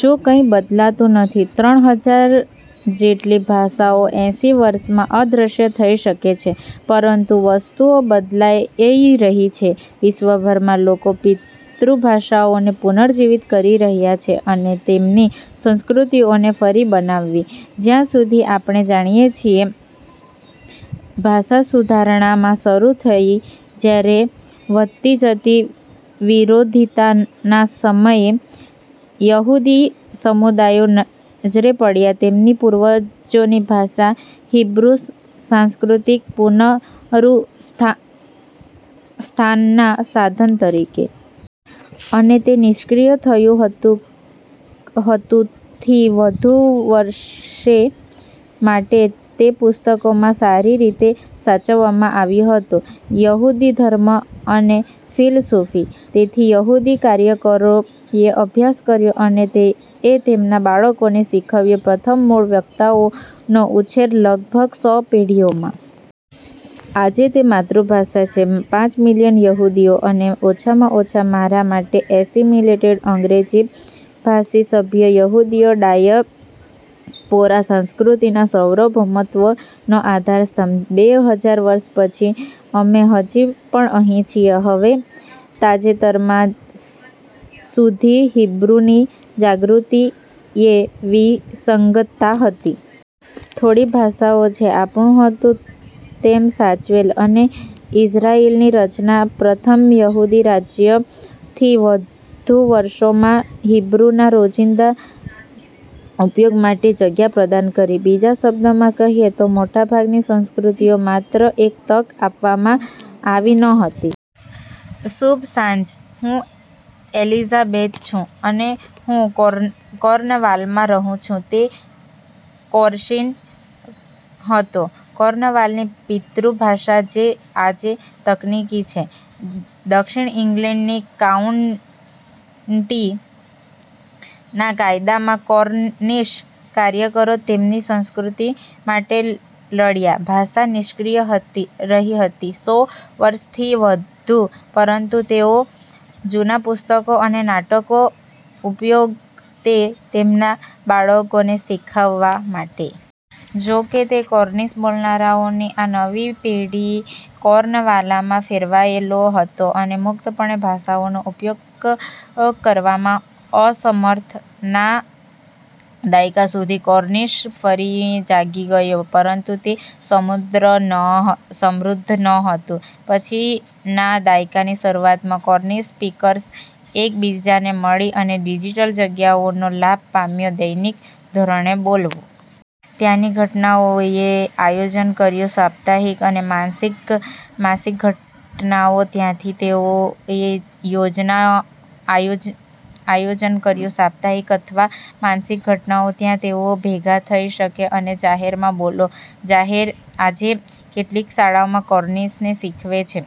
જો કંઇ બદલાતું નથી, ત્રણ હજાર જેટલી ભાષાઓ એંસી વર્ષોમાં અદૃશ્ય થઈ શકે છે, પરંતુ વસ્તુઓ બદલાઈ રહી છે. વિશ્વભરમાં લોકો પિતૃભાષાઓને પુનર્જીવિત કરી રહ્યાં છે અને તેમની સંસ્કૃતિઓને ફરીથી બનાવવી. જ્યાં સુધી આપણે જાણીએ છીએ, ભાષા સુધારણા માં શરૂ થઈ, જ્યારે વધતી જતી વિરોધીતાના સમયે, યહૂદી સમુદાયો નજરે પડ્યા તેમની પૂર્વજોની ભાષા, હીબ્રુ, સાંસ્કૃતિક પુનરુત્થાનના સાધન તરીકે. અને તે નિષ્ક્રિય રહ્યું હતું થી વધુ વર્ષો માટે, તે પુસ્તકોમાં સારી રીતે સાચવવામાં આવ્યું હતું યહૂદી ધર્મ અને ફિલસૂફી. તેથી યહૂદી કાર્યકરોએ અભ્યાસ કર્યો અને તે તેમના બાળકોને શીખવ્યું, પ્રથમ મૂળ વક્તાઓનો ઉછેર લગભગ સો પેઢીઓમાં. આજે, તે માતૃભાષા છે પાંચ મિલિયન યહૂદીઓ. અને ઓછામાં ઓછા મારા માટે, એસિમિલેટેડ અંગ્રેજી ભાષી સભ્ય યહૂદી ડાયસ્પોરાના, સાંસ્કૃતિક સાર્વભૌમત્વનો આધારસ્તંભ. બે હજાર વર્ષ પછી, અમે હજી પણ અહીં છીએ. હવે, તાજેતરમાં સુધી, હિબ્રુની જાગૃતિ એ વિસંગતતા હતી. થોડી ભાષાઓ છે આપણું હતું તેમ સાચવેલ, અને ઇઝરાઇલની રચના, પ્રથમ યહૂદી રાજ્ય થી વધુ વર્ષોમાં, હિબ્રુના રોજિંદા ઉપયોગ માટે જગ્યા પ્રદાન કરી. બીજા શબ્દોમાં કહીએ તો, મોટા ભાગની સંસ્કૃતિઓ માત્ર એક તક આપવામાં આવી ન હતી. શુભ સાંજ, હું એલિઝાબેથ છું અને હું કોર્નવાલમાં રહું છું. તે કોર્નિશ હતો, કોર્નવોલની પિતૃભાષા, જે આજે તકનીકી છે દક્ષિણ ઇંગ્લેન્ડની કાઉન્ટી. ના દાયકામાં કોર્નિશ કાર્યકરો તેમની સંસ્કૃતિ માટે લડ્યા. ભાષા નિષ્ક્રિય રહી હતી સો વર્ષથી વધુ પરંતુ તેઓ જૂના પુસ્તકો અને નાટકો ઉપયોગ તે તેમના બાળકોને શીખવવા માટે. જો કે, કોર્નિશ બોલનારાઓની આ નવી પેઢી કોર્નવોલમાં ફેલાયેલો હતો અને મુક્તપણે ભાષાનો ઉપયોગ કરવામાં અસમર્થ. ના દાયકા સુધીમાં, કોર્નિશ ફરી જાગી ગયો, પરંતુ તે સમૃદ્ધ નહોતું. પછી, ના દાયકાની શરૂઆતમાં, કોર્નિશ સ્પીકર્સ એક બીજાને મળી અને ડિજિટલ જગ્યાઓનો લાભ આપ્યો દૈનિક ધોરણે બોલવું. ત્યાંથી, તેઓએ આયોજન કર્યું સાપ્તાહિક અથવા માસિક ઘટનાઓ ત્યાંથી, તેઓએ આયોજન કર્યું સાપ્તાહિક અથવા માસિક ઘટનાઓ જ્યાં તેઓ ભેગા થઈ શકે અને જાહેરમાં બોલો. આજે, કેટલીક શાળાઓ કોર્નિશને શીખવે છે.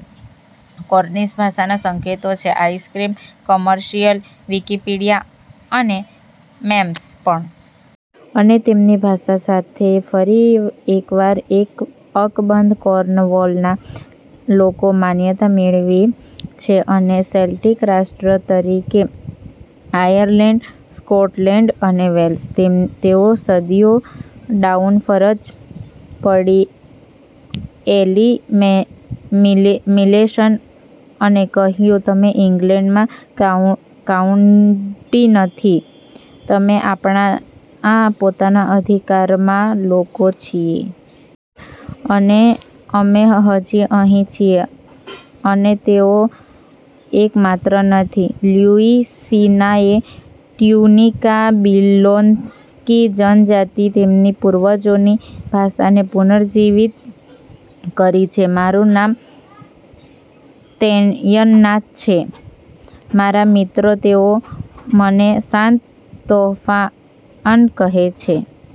કોર્નિશ ભાષાના સંકેતો છે, આઈસ્ક્રીમ કમર્શિયલ, વિકિપીડિયા, અને મેમ્સ પણ. અને તેમની ભાષા સાથે ફરી એકવાર અકબંધ, કોર્નવોલના લોકો માન્યતા મેળવી છે સાથે સેલ્ટિક રાષ્ટ્ર તરીકે આયર્લેન્ડ, સ્કોટલેન્ડ અને વેલ્સ. તેઓ સદીઓ ડાઉન ફરજ પડી એસિમિલેશન અને કહ્યું, "અમે ઇંગ્લેન્ડમાં કાઉન્ટી નથી. અમે આપણા પોતાના અધિકારમાં લોકો છીએ. અને અમે હજી અહીં છીએ. " અને તેઓ એકમાત્ર નથી. લ્યુઇસિયાનાની ટ્યુનિકા-બિલોક્સી જનજાતિ તેમની પૂર્વજોની ભાષાને પુનર્જીવિત કરી છે. મારું નામ તેયન્ના છે. મારા મિત્રો, તેઓ મને "શાંત તોફાન" કહે છે.